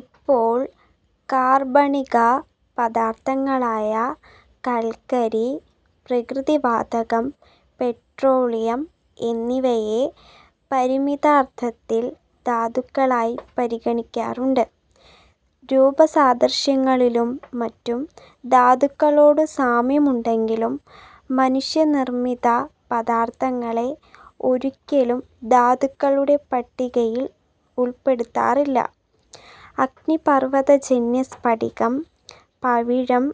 ഇപ്പോൾ കാർബണിക പദാർത്ഥങ്ങളായ കൽക്കരി, പ്രകൃതിവാതകം, പെട്രോളിയം എന്നിവയെ പരിമിതാർത്ഥത്തിൽ ധാതുക്കളായി പരിഗണിക്കാറുണ്ട്. രൂപസാദൃശ്യങ്ങളിലും മറ്റും ധാതുക്കളോട് സാമ്യമുണ്ടെങ്കിലും മനുഷ്യ നിർമ്മിത പദാർത്ഥങ്ങളെ ഒരിക്കലും ധാതുക്കളുടെ പട്ടികയിൽ ഉൾപ്പെടുത്താറില്ല. അഗ്നിപർവ്വതജന്യ സ്ഫടികം, പവിഴം,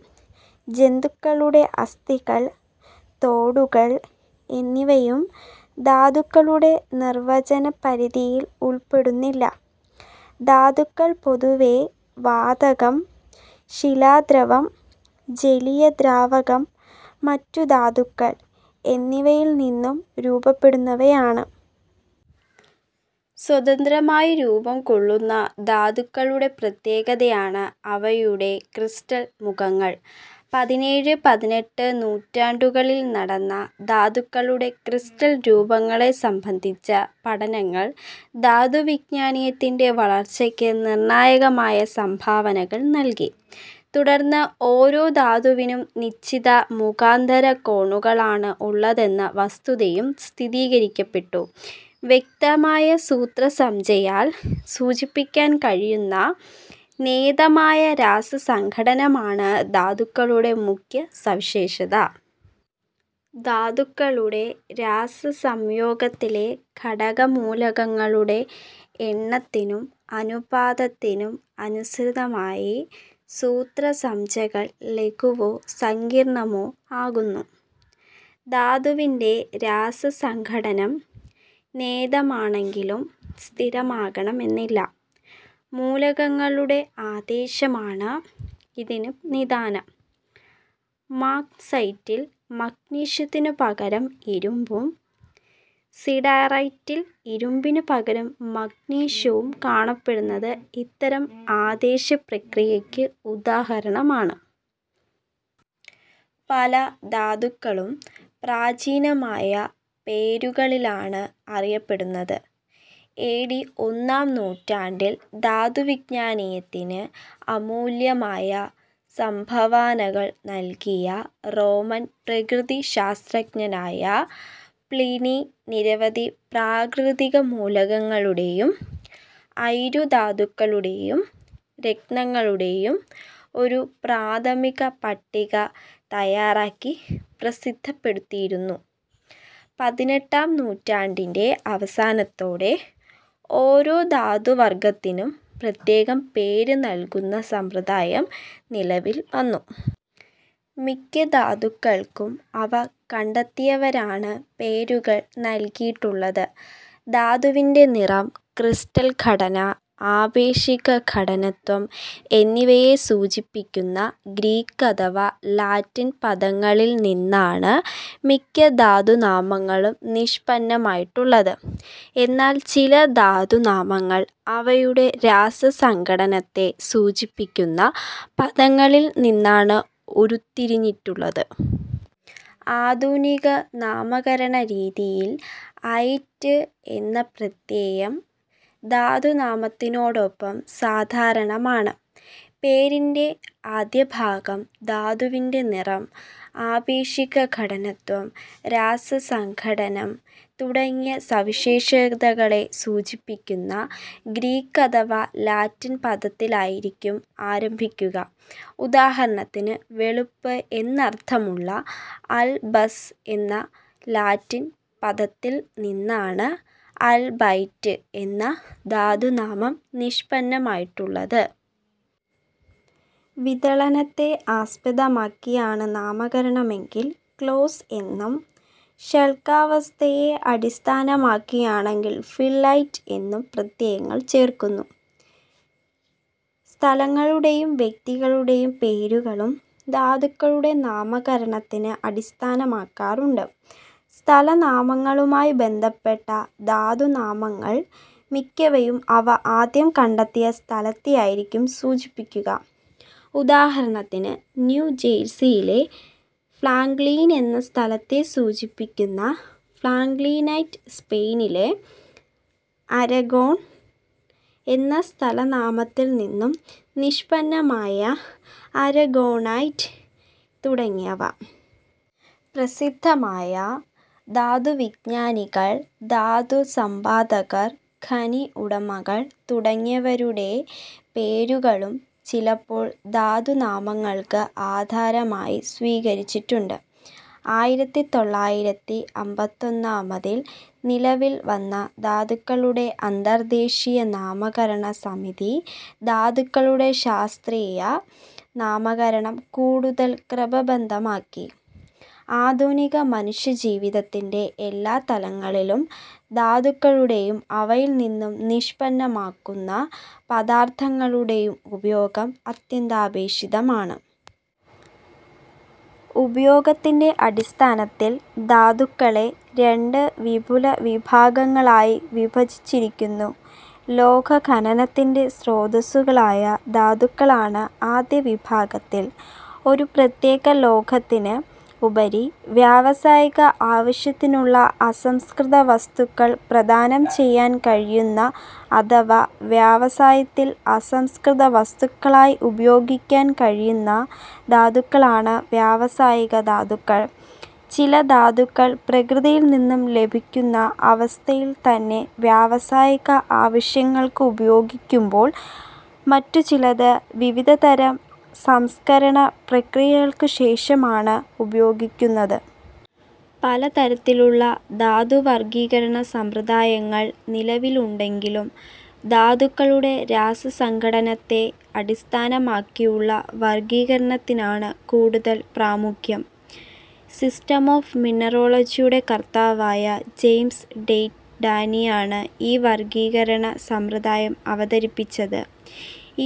ജന്തുക്കളുടെ അസ്ഥികൾ, തോടുകൾ എന്നിവയും ധാതുക്കളുടെ നിർവചന പരിധിയിൽ ഉൾപ്പെടുന്നില്ല. ധാതുക്കൾ പൊതുവേ വാതകം, ശിലാദ്രവം, ജലീയ ദ്രാവകം, മറ്റു ധാതുക്കൾ എന്നിവയിൽ നിന്ന് രൂപപ്പെടുന്നവയാണ്. സ്വതന്ത്രമായി രൂപംകൊള്ളുന്ന ധാതുക്കളുടെ പ്രത്യേകതയാണ് അവയുടെ ക്രിസ്റ്റൽ മുഖങ്ങൾ. പതിനേഴ്, പതിനെട്ട് നൂറ്റാണ്ടുകളിൽ നടന്ന ധാതുക്കളുടെ ക്രിസ്റ്റൽ രൂപങ്ങളെ സംബന്ധിച്ച പഠനങ്ങൾ ധാതുവിജ്ഞാനീയത്തിൻ്റെ വളർച്ചയ്ക്ക് നിർണായകമായ സംഭാവനകൾ നൽകി. തുടർന്ന് ഓരോ ധാതുവിനും നിശ്ചിത മുഖാന്തര കോണുകളാണ് ഉള്ളതെന്ന വസ്തുതയും സ്ഥിരീകരിക്കപ്പെട്ടു. വ്യക്തമായ സൂത്രസംജ്ഞയാൽ സൂചിപ്പിക്കാൻ കഴിയുന്ന നിയതമായ രാസസംഘടനമാണ് ധാതുക്കളുടെ മുഖ്യ സവിശേഷത. ധാതുക്കളുടെ രാസ സംയോഗത്തിലെ ഘടക മൂലകങ്ങളുടെ എണ്ണത്തിനും അനുപാതത്തിനും അനുസൃതമായി സൂത്രസംജ്ഞകൾ ലഘുവോ സങ്കീർണ്ണമോ ആകുന്നു. ധാതുവിൻ്റെ രാസസംഘടനം നിയതമെങ്കിലും സ്ഥിരമാകണമെന്നില്ല. മൂലകങ്ങളുടെ ആദേശമാണ് ഇതിന് നിദാനം. മാഗ്നസൈറ്റിൽ മഗ്നീഷ്യത്തിന് പകരം ഇരുമ്പും, സിഡെറൈറ്റിൽ ഇരുമ്പിന് പകരം മഗ്നീഷ്യവും കാണപ്പെടുന്നത് ഇത്തരം ആദേശ പ്രക്രിയയ്ക്ക് ഉദാഹരണമാണ്. പല ധാതുക്കളും പ്രാചീനമായ പേരുകളിലാണ് അറിയപ്പെടുന്നത്. എ. ഡി. ഒന്നാം നൂറ്റാണ്ടിൽ ധാതുവിജ്ഞാനീയത്തിന് അമൂല്യമായ സംഭാവനകൾ നൽകിയ റോമൻ പ്രകൃതി ശാസ്ത്രജ്ഞനായ പ്ലിനി നിരവധി പ്രാകൃതിക മൂലകങ്ങളുടെയും അയിരു ധാതുക്കളുടെയും രത്നങ്ങളുടെയും ഒരു പ്രാഥമിക പട്ടിക തയ്യാറാക്കി പ്രസിദ്ധപ്പെടുത്തിയിരുന്നു. പതിനെട്ടാം നൂറ്റാണ്ടിൻ്റെ അവസാനത്തോടെ ഓരോ ധാതുവർഗ്ഗത്തിനും പ്രത്യേകം പേര് നൽകുന്ന സമ്പ്രദായം നിലവിൽവന്നു. മിക്ക ധാതുക്കൾക്കും അവ കണ്ടെത്തിയവരാണ് പേരുകൾ നൽകിയിട്ടുള്ളത്. ധാതുവിൻ്റെ നിറം, ക്രിസ്റ്റൽ ഘടന, ആപേക്ഷിക ഘനത്വം എന്നിവയെ സൂചിപ്പിക്കുന്ന ഗ്രീക്ക് അഥവാ ലാറ്റിൻ പദങ്ങളിൽ നിന്നാണ് മിക്ക ധാതു നാമങ്ങളും നിഷ്പന്നമായിട്ടുള്ളത്. എന്നാൽ ചില ധാതു നാമങ്ങൾ അവയുടെ രാസസംഘടനത്തെ സൂചിപ്പിക്കുന്ന പദങ്ങളിൽ നിന്നാണ് ഉരുത്തിരിഞ്ഞിട്ടുള്ളത്. ആധുനിക നാമകരണ രീതിയിൽ 'ഐറ്റ്' എന്ന പ്രത്യയം ധാതു നാമത്തിനൊപ്പം സാധാരണമാണ്. പേരിൻ്റെ ആദ്യഭാഗം ധാതുവിൻ്റെ നിറം, ആപേക്ഷിക ഘനത്വം, രാസസംഘടനം തുടങ്ങിയ സവിശേഷതകളെ സൂചിപ്പിക്കുന്ന ഗ്രീക്ക് അഥവാ ലാറ്റിൻ പദത്തിലായിരിക്കും ആരംഭിക്കുക. ഉദാഹരണത്തിന്, വെളുപ്പ് എന്നർത്ഥമുള്ള 'ആൽബസ്' എന്ന ലാറ്റിൻ പദത്തിൽ നിന്നാണ് 'അൽബൈറ്റ്' എന്ന ധാതു നാമം നിഷ്പന്നമായിട്ടുള്ളത്. വിദളനത്തെ ആസ്പദമാക്കിയാണ് നാമകരണമെങ്കിൽ 'ക്ലേസ്' എന്നും, ശല്കാവസ്ഥയെ അടിസ്ഥാനമാക്കിയാണെങ്കിൽ 'ഫിലൈറ്റ്' എന്നും പ്രത്യയങ്ങൾ ചേർക്കുന്നു. സ്ഥലങ്ങളുടെയും വ്യക്തികളുടെയും പേരുകളും ധാതുക്കളുടെ നാമകരണത്തിന് അടിസ്ഥാനമാക്കാറുണ്ട്. സ്ഥല നാമങ്ങളുമായി ബന്ധപ്പെട്ട ധാതു നാമങ്ങൾ മിക്കവയും അവ ആദ്യം കണ്ടെത്തിയ സ്ഥലത്തെയായിരിക്കും സൂചിപ്പിക്കുക. ഉദാഹരണത്തിന്, ന്യൂജേഴ്സിയിലെ ഫ്രാങ്ക്‌ളിൻ എന്ന സ്ഥലത്തെ സൂചിപ്പിക്കുന്ന ഫ്രാങ്ക്‌ളിനൈറ്റ്, സ്പെയിനിലെ അരഗൊൺ എന്ന സ്ഥല നാമത്തിൽ നിന്ന് നിഷ്പന്നമായ അരഗൊണൈറ്റ് തുടങ്ങിയവ. പ്രസിദ്ധരായ ധാതുവിജ്ഞാനികൾ, ധാതു സമ്പാദകർ, ഖനി ഉടമകൾ തുടങ്ങിയവരുടെ പേരുകളും ചിലപ്പോൾ ധാതു നാമങ്ങൾക്ക് ആധാരമായി സ്വീകരിച്ചിട്ടുണ്ട്. ആയിരത്തി തൊള്ളായിരത്തി അമ്പത്തൊൻപതിൽ നിലവിൽ വന്ന ധാതുക്കളുടെ അന്തർദേശീയ നാമകരണ സമിതി ധാതുക്കളുടെ ശാസ്ത്രീയ നാമകരണം കൂടുതൽ ക്രമബദ്ധമാക്കി. ആധുനിക മനുഷ്യജീവിതത്തിൻ്റെ എല്ലാ തലങ്ങളിലും ധാതുക്കളുടെയും അവയിൽ നിന്ന് നിഷ്പന്നമാകുന്ന പദാർത്ഥങ്ങളുടെയും ഉപയോഗം അത്യന്താപേക്ഷിതമാണ്. ഉപയോഗത്തിൻ്റെ അടിസ്ഥാനത്തിൽ ധാതുക്കളെ രണ്ട് വിപുല വിഭാഗങ്ങളായി വിഭജിച്ചിരിക്കുന്നു. ലോഹഖനനത്തിൻ്റെ സ്രോതസ്സുകളായ ധാതുക്കളാണ് ആദ്യ വിഭാഗത്തിൽ. ഒരു പ്രത്യേക ലോഹത്തിന് ഉപരി വ്യാവസായിക ആവശ്യത്തിനുള്ള അസംസ്കൃത വസ്തുക്കൾ പ്രദാനം ചെയ്യാൻ കഴിയുന്ന, അഥവാ വ്യവസായത്തിൽ അസംസ്കൃത വസ്തുക്കളായി ഉപയോഗിക്കാൻ കഴിയുന്ന ധാതുക്കളാണ് വ്യാവസായിക ധാതുക്കൾ. ചില ധാതുക്കൾ പ്രകൃതിയിൽ നിന്ന് ലഭിക്കുന്ന അവസ്ഥയിൽത്തന്നെ വ്യാവസായിക ആവശ്യങ്ങൾക്ക് ഉപയോഗിക്കുമ്പോൾ, മറ്റു ചിലത് വിവിധതരം സംസ്കരണ പ്രക്രിയകൾക്ക് ശേഷമാണ് ഉപയോഗിക്കുന്നത്. പല തരത്തിലുള്ള ധാതു വർഗ്ഗീകരണ സമ്പ്രദായങ്ങൾ നിലവിലുണ്ടെങ്കിലും ധാതുക്കളുടെ രാസ സംഘടനത്തെ അടിസ്ഥാനമാക്കിയുള്ള വർഗ്ഗീകരണത്തിനാണ് കൂടുതൽ പ്രാമുഖ്യം. സിസ്റ്റം ഓഫ് മിനറോളജിയുടെ കർത്താവായ ജെയിംസ് ഡ്വൈറ്റ് ഡാനയാണ് ഈ വർഗ്ഗീകരണ സമ്പ്രദായം അവതരിപ്പിച്ചത്.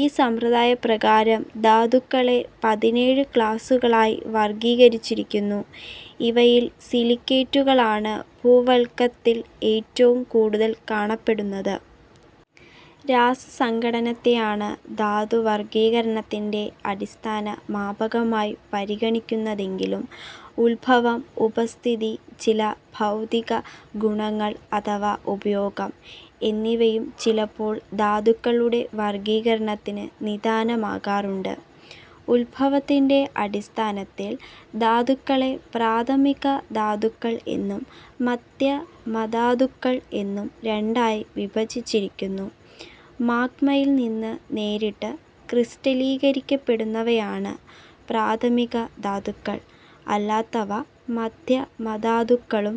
ഈ സമ്പ്രദായപ്രകാരം ധാതുക്കളെ പതിനേഴ് ക്ലാസുകളായി വർഗ്ഗീകരിച്ചിരിക്കുന്നു. ഇവയിൽ സിലിക്കേറ്റുകളാണ് ഭൂവൽക്കത്തിൽ ഏറ്റവും കൂടുതൽ കാണപ്പെടുന്നത്. രാസസംഘടനത്തെയാണ് ധാതു വർഗ്ഗീകരണത്തിൻ്റെ അടിസ്ഥാന മാപകമായി പരിഗണിക്കുന്നതെങ്കിലും ഉദ്ഭവം, ഉപസ്ഥിതി, ചില ഭൗതിക ഗുണങ്ങൾ അഥവാ ഉപയോഗം എന്നിവയും ചിലപ്പോൾ ധാതുക്കളുടെ വർഗ്ഗീകരണത്തിന് നിദാനമാകാറുണ്ട്. ഉദ്ഭവത്തിൻ്റെ അടിസ്ഥാനത്തിൽ ധാതുക്കളെ പ്രാഥമിക ധാതുക്കൾ എന്നും മധ്യ മധാതുക്കൾ എന്നും രണ്ടായി വിഭജിച്ചിരിക്കുന്നു. മാഗ്മയിൽ നിന്ന് നേരിട്ട് ക്രിസ്റ്റലീകരിക്കപ്പെടുന്നവയാണ് പ്രാഥമിക ധാതുക്കൾ, അല്ലാത്തവ മധ്യ മധാതുക്കളും.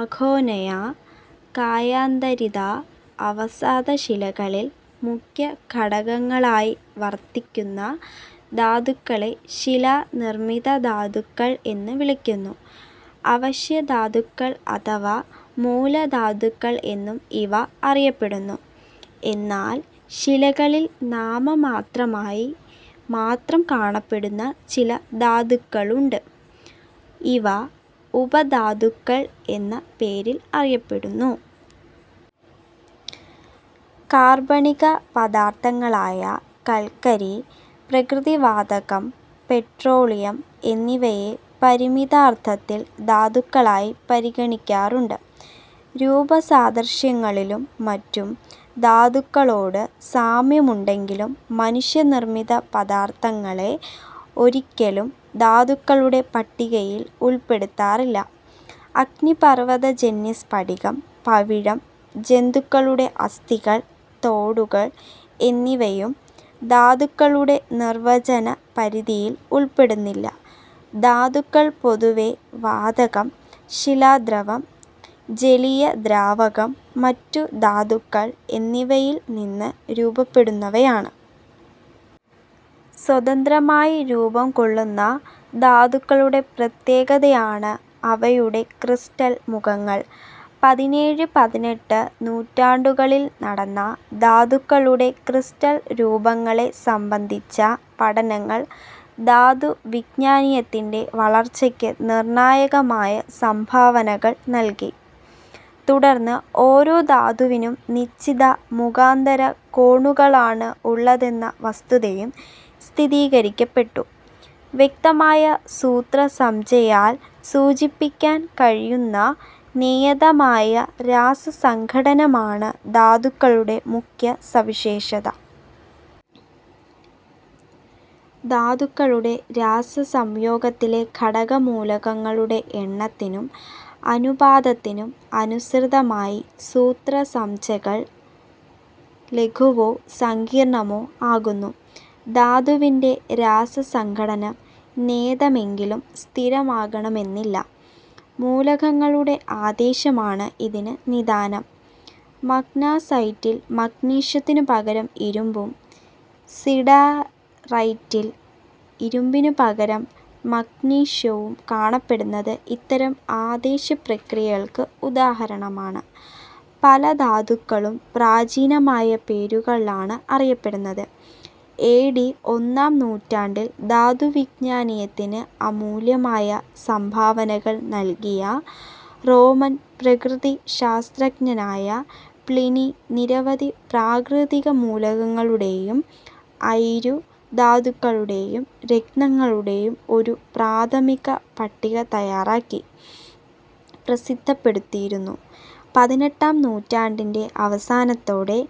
ആഗ്നേയ, കായാന്തരിത, അവസാദ ശിലകളിൽ മുഖ്യ ഘടകങ്ങളായി വർത്തിക്കുന്ന ധാതുക്കളെ ശിലാനിർമ്മിത ധാതുക്കൾ എന്ന് വിളിക്കുന്നു. അവശ്യ ധാതുക്കൾ അഥവാ മൂല ധാതുക്കൾ എന്നും ഇവ അറിയപ്പെടുന്നു. എന്നാൽ ശിലകളിൽ നാമമാത്രമായി മാത്രം കാണപ്പെടുന്ന ചില ധാതുക്കളുണ്ട്. ഇവ ഉപ ധാതുക്കൾ എന്ന പേരിൽ അറിയപ്പെടുന്നു. കാർബണിക പദാർത്ഥങ്ങളായ കൽക്കരി, പ്രകൃതിവാതകം, പെട്രോളിയം എന്നിവയെ പരിമിതാർത്ഥത്തിൽ ധാതുക്കളായി പരിഗണിക്കാറുണ്ട്. രൂപസാദൃശ്യങ്ങളിലും മറ്റും ധാതുക്കളോട് സാമ്യമുണ്ടെങ്കിലും മനുഷ്യ നിർമ്മിത പദാർത്ഥങ്ങളെ ഒരിക്കലും ധാതുക്കളുടെ പട്ടികയിൽ ഉൾപ്പെടുത്താറില്ല. അഗ്നിപർവ്വതജന്യ സ്ഫടികം, പവിഴം, ജന്തുക്കളുടെ അസ്ഥികൾ, തോടുകൾ എന്നിവയും ധാതുക്കളുടെ നിർവചന പരിധിയിൽ ഉൾപ്പെടുന്നില്ല. ധാതുക്കൾ പൊതുവേ വാതകം, ശിലാദ്രവം, ജലീയ ദ്രാവകം, മറ്റു ധാതുക്കൾ എന്നിവയിൽ നിന്ന് രൂപപ്പെടുന്നവയാണ്. സ്വതന്ത്രമായി രൂപംകൊള്ളുന്ന ധാതുക്കളുടെ പ്രത്യേകതയാണ് അവയുടെ ക്രിസ്റ്റൽ മുഖങ്ങൾ. പതിനേഴ്, പതിനെട്ട് നൂറ്റാണ്ടുകളിൽ നടന്ന ധാതുക്കളുടെ ക്രിസ്റ്റൽ രൂപങ്ങളെ സംബന്ധിച്ച പഠനങ്ങൾ ധാതുവിജ്ഞാനീയത്തിൻ്റെ വളർച്ചയ്ക്ക് നിർണായകമായ സംഭാവനകൾ നൽകി. തുടർന്ന് ഓരോ ധാതുവിനും നിശ്ചിത മുഖാന്തര കോണുകളാണ് ഉള്ളതെന്ന വസ്തുതയും സ്ഥിരീകരിക്കപ്പെട്ടു. വ്യക്തമായ സൂത്രസംജ്ഞയാൽ സൂചിപ്പിക്കാൻ കഴിയുന്ന നിയതമായ രാസസംഘടനമാണ് ധാതുക്കളുടെ മുഖ്യ സവിശേഷത. ധാതുക്കളുടെ രാസ സംയോഗത്തിലെ ഘടക മൂലകങ്ങളുടെ എണ്ണത്തിനും അനുപാതത്തിനും അനുസൃതമായി സൂത്രസംജ്ഞകൾ ലഘുവോ സങ്കീർണ്ണമോ ആകുന്നു. ധാതുവിൻ്റെ രാസസംഘടനം നിയതമെങ്കിലും സ്ഥിരമാകണമെന്നില്ല. മൂലകങ്ങളുടെ ആദേശമാണ് ഇതിന് നിദാനം. മാഗ്നസൈറ്റിൽ മഗ്നീഷ്യത്തിന് പകരം ഇരുമ്പും, സിഡെറൈറ്റിൽ ഇരുമ്പിന് പകരം മഗ്നീഷ്യവും കാണപ്പെടുന്നത് ഇത്തരം ആദേശ പ്രക്രിയയ്ക്ക് ഉദാഹരണമാണ്. പല ധാതുക്കളും പ്രാചീനമായ പേരുകളിലാണ് അറിയപ്പെടുന്നത്. എ. ഡി. ഒന്നാം നൂറ്റാണ്ടിൽ ധാതുവിജ്ഞാനീയത്തിന് അമൂല്യമായ സംഭാവനകൾ നൽകിയ റോമൻ പ്രകൃതി ശാസ്ത്രജ്ഞനായ പ്ലിനി നിരവധി പ്രാകൃതിക മൂലകങ്ങളുടെയും അയിരു ധാതുക്കളുടെയും രത്നങ്ങളുടെയും ഒരു പ്രാഥമിക പട്ടിക തയ്യാറാക്കി പ്രസിദ്ധപ്പെടുത്തിയിരുന്നു. പതിനെട്ടാം നൂറ്റാണ്ടിൻ്റെ അവസാനത്തോടെ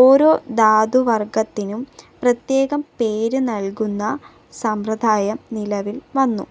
ഓരോ ധാതുവർഗ്ഗത്തിനും പ്രത്യേകം പേര് നൽകുന്ന സമ്പ്രദായം നിലവിൽവന്നു.